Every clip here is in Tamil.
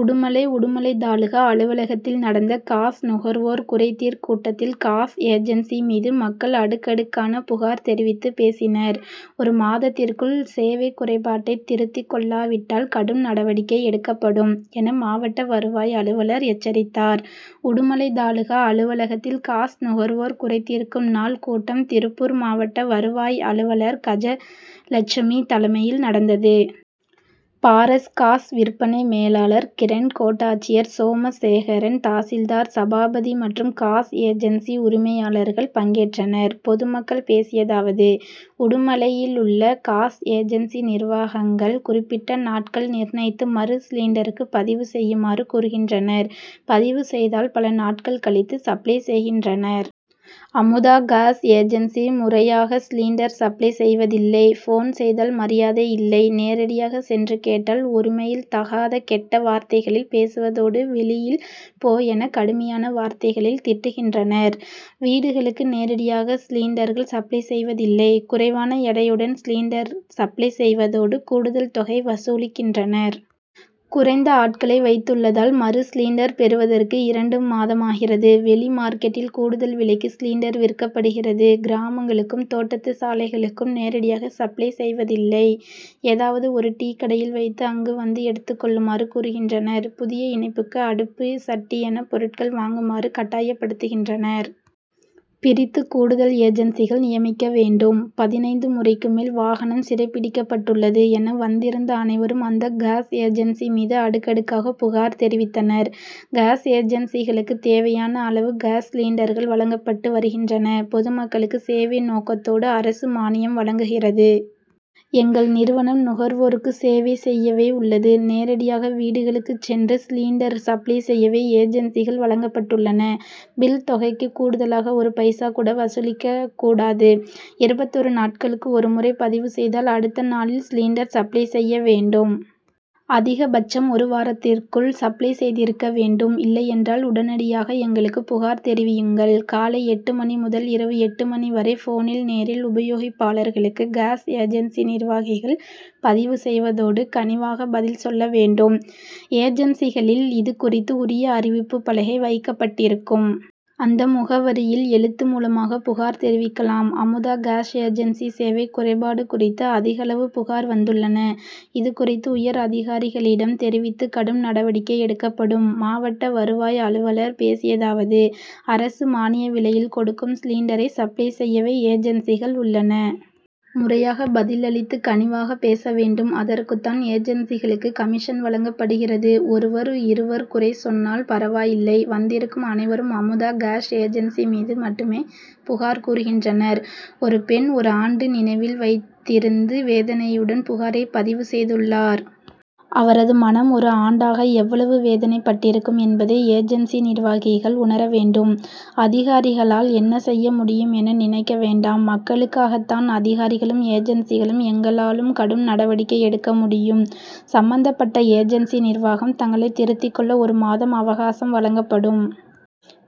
உடுமலை உடுமலை தாலுகா அலுவலகத்தில் நடத்த காஸ் நுகர்வோர் குறை தீர் கூட்டத்தில், காஸ் ஏஜென்சி மீது மக்கள் அடுக்கடுக்கான புகார் தெரிவித்து பேசினர். ஒரு மாதத்திற்குள் சேவை குறைபாட்டை திருத்திக்கொள்ளாவிட்டால் கடும் நடவடிக்கை எடுக்கப்படும் என மாவட்ட வருவாய் அலுவலர் எச்சரித்தார். உடுமலை தாலுகா அலுவலகத்தில், காஸ் நுகர்வோர் குறைதீர்க்கும் நாள் கூட்டம், திருப்பூர் மாவட்ட வருவாய் அலுவலர் கஜலட்சுமி தலைமையில் நடந்தது. பாரஸ் காஸ் விற்பனை மேலாளர் கிரன், கோட்டாட்சியர் சோமசேகரன், தாசில்தார் சபாபதி மற்றும் காஸ் ஏஜென்சி உரிமையாளர்கள் பங்கேற்றனர். பொதுமக்கள் பேசியதாவது:உடுமலையிலுள்ள காஸ் ஏஜென்சி நிர்வாகங்கள் குறிப்பிட்ட நாட்கள் நிர்ணயித்து, மறு சிலிண்டருக்கு பதிவு செய்யுமாறு கூறுகின்றனர். பதிவு செய்தால் பல நாட்கள் கழித்து சப்ளை செய்கின்றனர். அமுதா காஸ் ஏஜென்சி, முறையாக சிலிண்டர் சப்ளை செய்வதில்லை. போன் செய்தால் மரியாதை இல்லை. நேரடியாக சென்று கேட்டால், ஒருமையில் தகாத கெட்ட வார்த்தைகளில் பேசுவதோடு, வெளியில் போ என கடுமையான வார்த்தைகளில் திட்டுகின்றனர். வீடுகளுக்கு நேரடியாக சிலிண்டர்கள் சப்ளை செய்வதில்லை. குறைவான எடையுடன் சிலிண்டர் சப்ளை செய்வதோடு, கூடுதல் தொகை வசூலிக்கின்றனர். குறைந்த ஆட்களை வைத்துள்ளதால், மறு சிலிண்டர் பெறுவதற்கு இரண்டு மாதமாகிறது. வெளி மார்க்கெட்டில், கூடுதல் விலைக்கு சிலிண்டர் விற்கப்படுகிறது. கிராமங்களுக்கும், தோட்டத்துசாளைகளுக்கும் நேரடியாக சப்ளை செய்வதில்லை. ஏதாவது ஒரு டீ கடையில் வைத்து, அங்கு வந்து எடுத்துக் கொள்ளுமாறு கூறுகின்றனர். புதிய இணைப்புக்கு, அடுப்பு, சட்டி என பொருட்கள் வாங்குமாறு கட்டாயப்படுத்துகின்றனர். பிரித்து, கூடுதல் ஏஜென்சிகள் நியமிக்க வேண்டும். பதினைந்து முறைக்கு மேல் வாகனம் சிறைபிடிக்கப்பட்டுள்ளது என வந்திருந்த அனைவரும் அந்த காஸ் ஏஜென்சி மீது அடுக்கடுக்காக புகார் தெரிவித்தனர். காஸ் ஏஜென்சிகளுக்கு தேவையான அளவு காஸ் சிலிண்டர்கள் வழங்கப்பட்டு வருகின்றன. பொதுமக்களுக்கு சேவை நோக்கத்தோடு, அரசு மானியம் வழங்குகிறது. எங்கள் நிறுவனம் நுகர்வோருக்கு சேவை செய்யவே உள்ளது. நேரடியாக வீடுகளுக்கு சென்று சிலிண்டர் சப்ளை செய்யவே ஏஜென்சிகள் வழங்கப்பட்டுள்ளன. பில் தொகைக்கு கூடுதலாக ஒரு பைசா கூட வசூலிக்க கூடாது. இருபத்தொரு நாட்களுக்கு ஒரு முறை பதிவு செய்தால், அடுத்த நாளில் சிலிண்டர் சப்ளை செய்ய வேண்டும். அதிக பட்சம் ஒரு வாரத்திற்குள் சப்ளை செய்திருக்க வேண்டும். இல்லையென்றால் உடனடியாக எங்களுக்கு புகார் தெரிவியுங்கள். காலை எட்டு மணி முதல் இரவு எட்டு மணி வரை, போனில், நேரில் உபயோகிப்பாளர்களுக்கு காஸ் ஏஜென்சி நிர்வாகிகள் பதிவு செய்வதோடு, கனிவாக பதில் சொல்ல வேண்டும். ஏஜென்சிகளில் இது குறித்து உரிய அறிவிப்பு பலகை வைக்கப்பட்டிருக்கும். அந்த முகவரியில் எழுத்து மூலமாக புகார் தெரிவிக்கலாம். அமுதா காஸ் ஏஜென்சி சேவை குறைபாடு குறித்து அதிகளவு புகார் வந்துள்ளன. இது குறித்து உயர் அதிகாரிகளிடம் தெரிவித்து கடும் நடவடிக்கை எடுக்கப்படும். மாவட்ட வருவாய் அலுவலர் பேசியதாவது:அரசு மானிய விலையில் கொடுக்கும் சிலிண்டரை சப்ளை செய்யவே ஏஜென்சிகள் உள்ளன. முறையாக பதில் அளித்து, கனிவாக பேசவேண்டும். அதற்குத்தான் ஏஜென்சிகளுக்கு கமிஷன் வழங்கப்படுகிறது. ஒருவர், இருவர் குறை சொன்னால் பரவாயில்லை. வந்திருக்கும் அனைவரும் அமுதா காஸ் ஏஜென்சி மீது மட்டுமே புகார் கூறுகின்றனர். ஒரு பெண், ஒரு ஆண்டு நினைவில் வைத்திருந்து, வேதனையுடன் புகாரை பதிவு செய்துள்ளார். அவரது மனம் ஒரு ஆண்டாக எவ்வளவு வேதனை பட்டிருக்கும் என்பதை ஏஜென்சி நிர்வாகிகள் உணர வேண்டும். அதிகாரிகளால் என்ன செய்ய முடியும் என நினைக்க வேண்டாம். மக்களுக்காகத்தான் அதிகாரிகளும், ஏஜென்சிகளும். எங்களாலும் கடும் நடவடிக்கை எடுக்க முடியும்; சம்பந்தப்பட்ட ஏஜென்சி நிர்வாகம் தங்களை திருத்திக்கொள்ள ஒரு மாதம் அவகாசம் வழங்கப்படும்.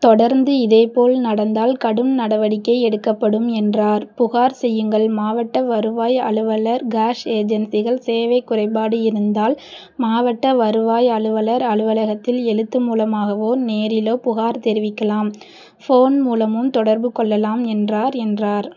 தொடர்ந்து, இதே போல் நடந்தால் கடும் நடவடிக்கை எடுக்கப்படும். ' என்றார். புகார் செய்யுங்கள்:மாவட்ட வருவாய் அலுவலர், காஸ் ஏஜென்சிகள் சேவை குறைபாடு இருந்தால், மாவட்ட வருவாய் அலுவலர் அலுவலக்தில் எழுத்து மூலமாகவோ, நேரிலோ புகார் தெரிவிக்கலாம். போன் மூலமும் தொடர்பு கொள்ளலாம்' என்றார். என்றார்.